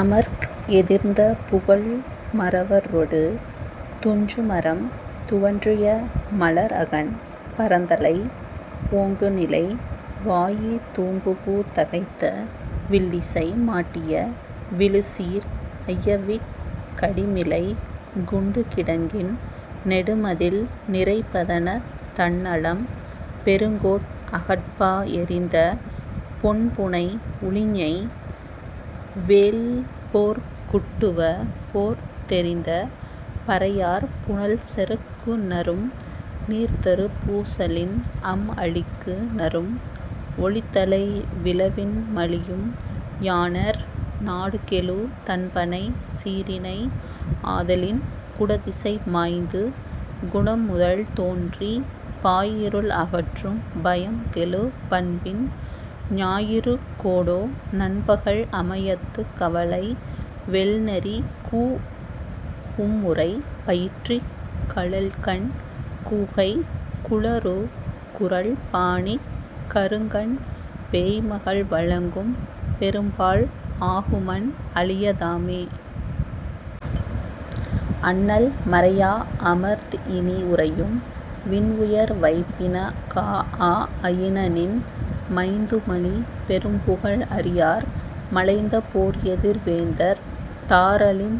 அமர்க்எதிர்ந்த புகல்மறவ ரொடு துஞ்சுமரம் துவன்றிய மலர்அகன் பறந்தலை ஓங்குநிலை வாயிதூங்குபு தகைத்த வில்லிசை மாட்டிய விழுச்சீர் ஐயவிக் கடிமிளைக் குண்டுகிடங்கின் நெடுமதில் நிரைப்பதணத் தண்ணலம் பெருங்கோட் அகப்பா எறிந்த பொன்புனை உழிஞை வெல்போர்க் குட்டுவ போர்த்எறிந்த பறையாற் புனல்செறுக் குநரும் நீர்த்தரு பூசலின் அம்அழிக்கு நரும் ஒலித்தலை விழவின் மலியும் யாணர் நாடுகெழு தண்பனை சீறினை ஆதலின் குடதிசை மாய்ந்து குணம்முதல் தோன்றிப் பாய்இருள் அகற்றும் பயம்கெழு பண்பின் ஞாயிறு கோடா நன்பகல் அமயத்துக் கவலை வெள்நரி கூஉம்முறை பயிற்றிக் கழல்கண் கூகைக் குழறுகுரல் பாணிக் கருங்கண் பேய்மகள் வழங்கும் பெரும்பாழ் ஆகுமன் அளிய தாமே. அண்ணல் மரைஆ அமர்ந்இனி உறையும் விண்உயர் வைப்பின காஆ யினநின் மைந்துமலி பெரும்புகழ் அறியார் மலைந்த போர்எதிர் வேந்தர் தார்அழிந்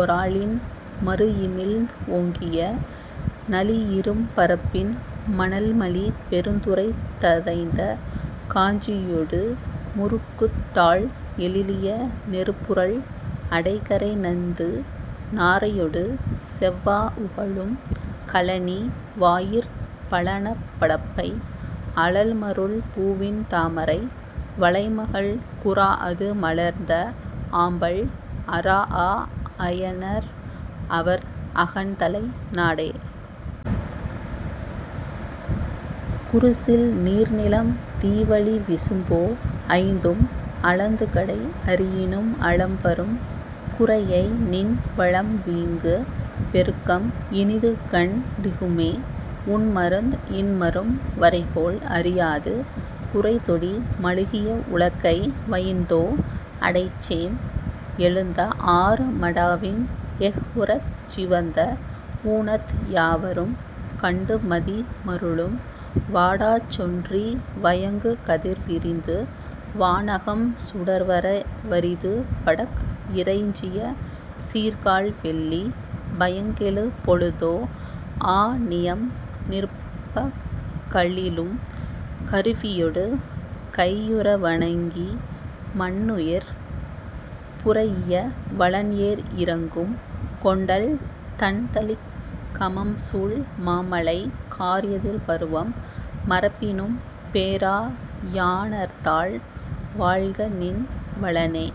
ஒராலின் மருஇமிழ்ந் ஓங்கிய நளிஇரும் பரப்பின் மணல்மலி பெருந்துறைத் ததைந்த காஞ்சி யொடு முருக்குத்தாழ் எழிலிய நெருப்புறழ் அடைகரை நந்து நாரையொடு செவ்வா உகளும் கழனி வாயிற் பழனப் படப்பை அழல்மருள் பூவின் தாமரை வளைமகள் குறாஅது மலர்ந்த ஆம்பல் அறாஅ யாணர்அவர் அகன்தலை நாடே. குருசில் நீர்நிலம் தீவளி விசும்போ ஐந்தும் அளந்துகடை அறியினும் அளப்பரும் குரையைநின் வளம்வீங்கு பெருக்கம் இனிதுகண் டிகுமே உண்மருந் இன்மரும் வரைகோள் அறியாது குரைத்தொடி மழுகிய உலக்கை வயின்தோ அடைச்சேம் எழுந்த ஆறு மடாவின் எஃஉறச் சிவந்த ஊனத் யாவரும் கண்டுமதி மருளும் வாடாச் சொன்றி வயங்குகதிர் விரிந்து வான்அகம் சுடர்வர வறிதுவடக் இறைஞ்சிய சீர்கால் வெள்ளி பயங்கெழு பொழுதோ ஆநியம் நிற்பக் கலிழும் கருவியொடு கையுற வணங்கி மன்னுயிர் புரைஇய வலன்ஏர் இரங்கும் கொண்டல் தண்தளிக் கமம்சூல் மாமழை கார்எதிர் பருவம் மறப்பினும் பேரா யாணர்த்தால் வாழ்கநின் வளனே.